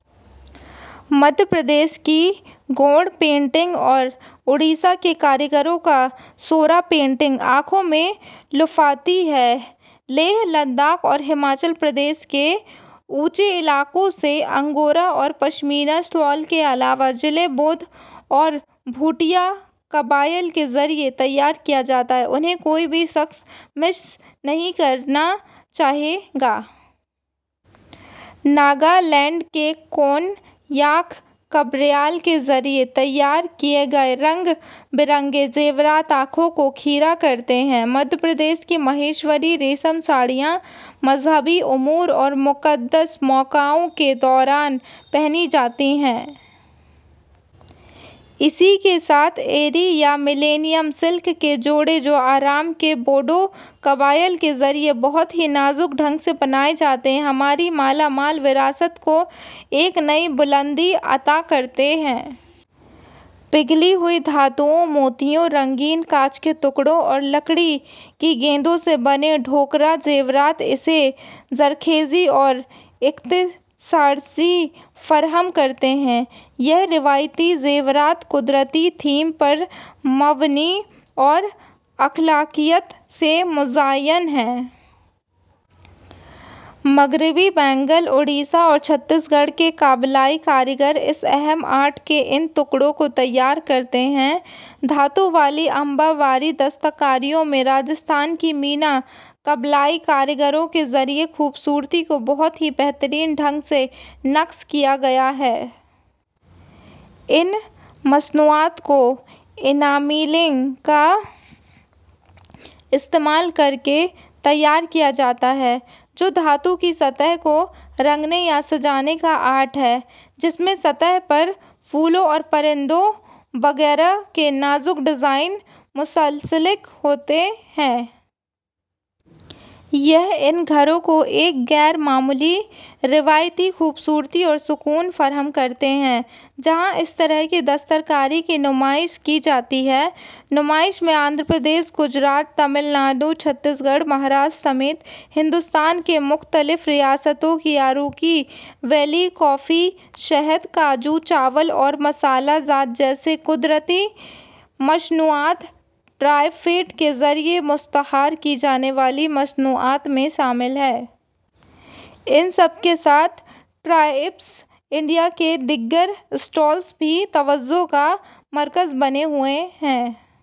مدھیہ پردیش کی گوند پینٹنگ اور اوڈیشہ کے کاریگروں کی سورا پینٹنگ آنکھوں کو لبھاتی ہیں۔ لیہہ لداخ اور ہماچل پردیش کے اونچے علاقوں سے انگورا اور پشمینہ شال کے علاوہ جسے بودھ اور بھوٹیا قبائل کے ذریعہ تیار کیا جاتا ہے انہیں کوئی بھی شخص مس نہیں کرنا چاہے گا۔ ناگالینڈ کے کون یاک قبائل کے ذریعہ تیار کیے گئے رنگ برنگے زیورات آنکھوں کو خیرہ کرتے ہیں۔ مدھیہ پردیش کی مہیشوری ریشم ساڑیاں مذہبی امور اور مقدس موقعوں کے دوران پہنی جاتی ہیں۔ اس کے ساتھ ایری یا ملینئم سلک کے جوڑے جو آسام کے بوڈو قبائل کے ذریعہ بہت ہی نازک ڈھنگ سے بنائے جاتے ہیں ہماری مالا مال وراثت کو ایک نئی بلندی عطا کرتے ہیں۔ پگھلی ہوئی دھاتوں موتیوں رنگین کانچ کے ٹکڑوں اور لکڑی کی گیندوں سے بنے ڈھوکرا زیورات اسے زرخیزی اور اختصاص فراہم کرتے ہیں۔ یہ روایتی زیورات قدرتی تھیم پر مبنی اور اخلاقیات سے مزین ہیں۔ مغربی بنگال اوڈیشہ اور چھتیس گڑھ کے قبائلی کاریگر اس اہم آرٹ کے ان ٹکڑوں کو تیار کرتے ہیں۔ دھات والی امبا باری دستکاری میں راجستھان کے مینا قبائلی کاریگروں کے ذریعہ خوبصورتی کو بہت ہی بہترین ڈھنگ سے نقش کیا گیا ہے۔ ان مصنوعات کو اینامیلنگ کا استعمال کر کے تیار کیا جاتا ہے جو دھات کی سطح کو رنگنے یا سجانے کا آرٹ ہے جس میں سطح پر پھولوں اور پرندوں وغیرہ کے نازک ڈیزائن منسلک ہوتے ہیں۔ یہ ان گھروں کو ایک غیر معمولی روایتی خوبصورتی اور سکون فراہم کرتے ہیں جہاں اس طرح کی دستکاری کی نمائش کی جاتی ہے۔ نمائش میں آندھرا پردیش گجرات تمل ناڈو چھتیس گڑھ اور مہاراشٹر سمیت ہندوستان کی مختلف ریاستوں کی اراکو ویلی کافی شہد کاجو چاول اور مصالحہ جات جیسی قدرتی مصنوعات ٹرائفیڈ کے ذریعہ مشتہر کی جانے والی مصنوعات میں شامل ہیں۔ ان سب کے ساتھ ٹرائبس انڈیا کے دیگر اسٹالز بھی توجہ کا مرکز بنے ہوئے ہیں۔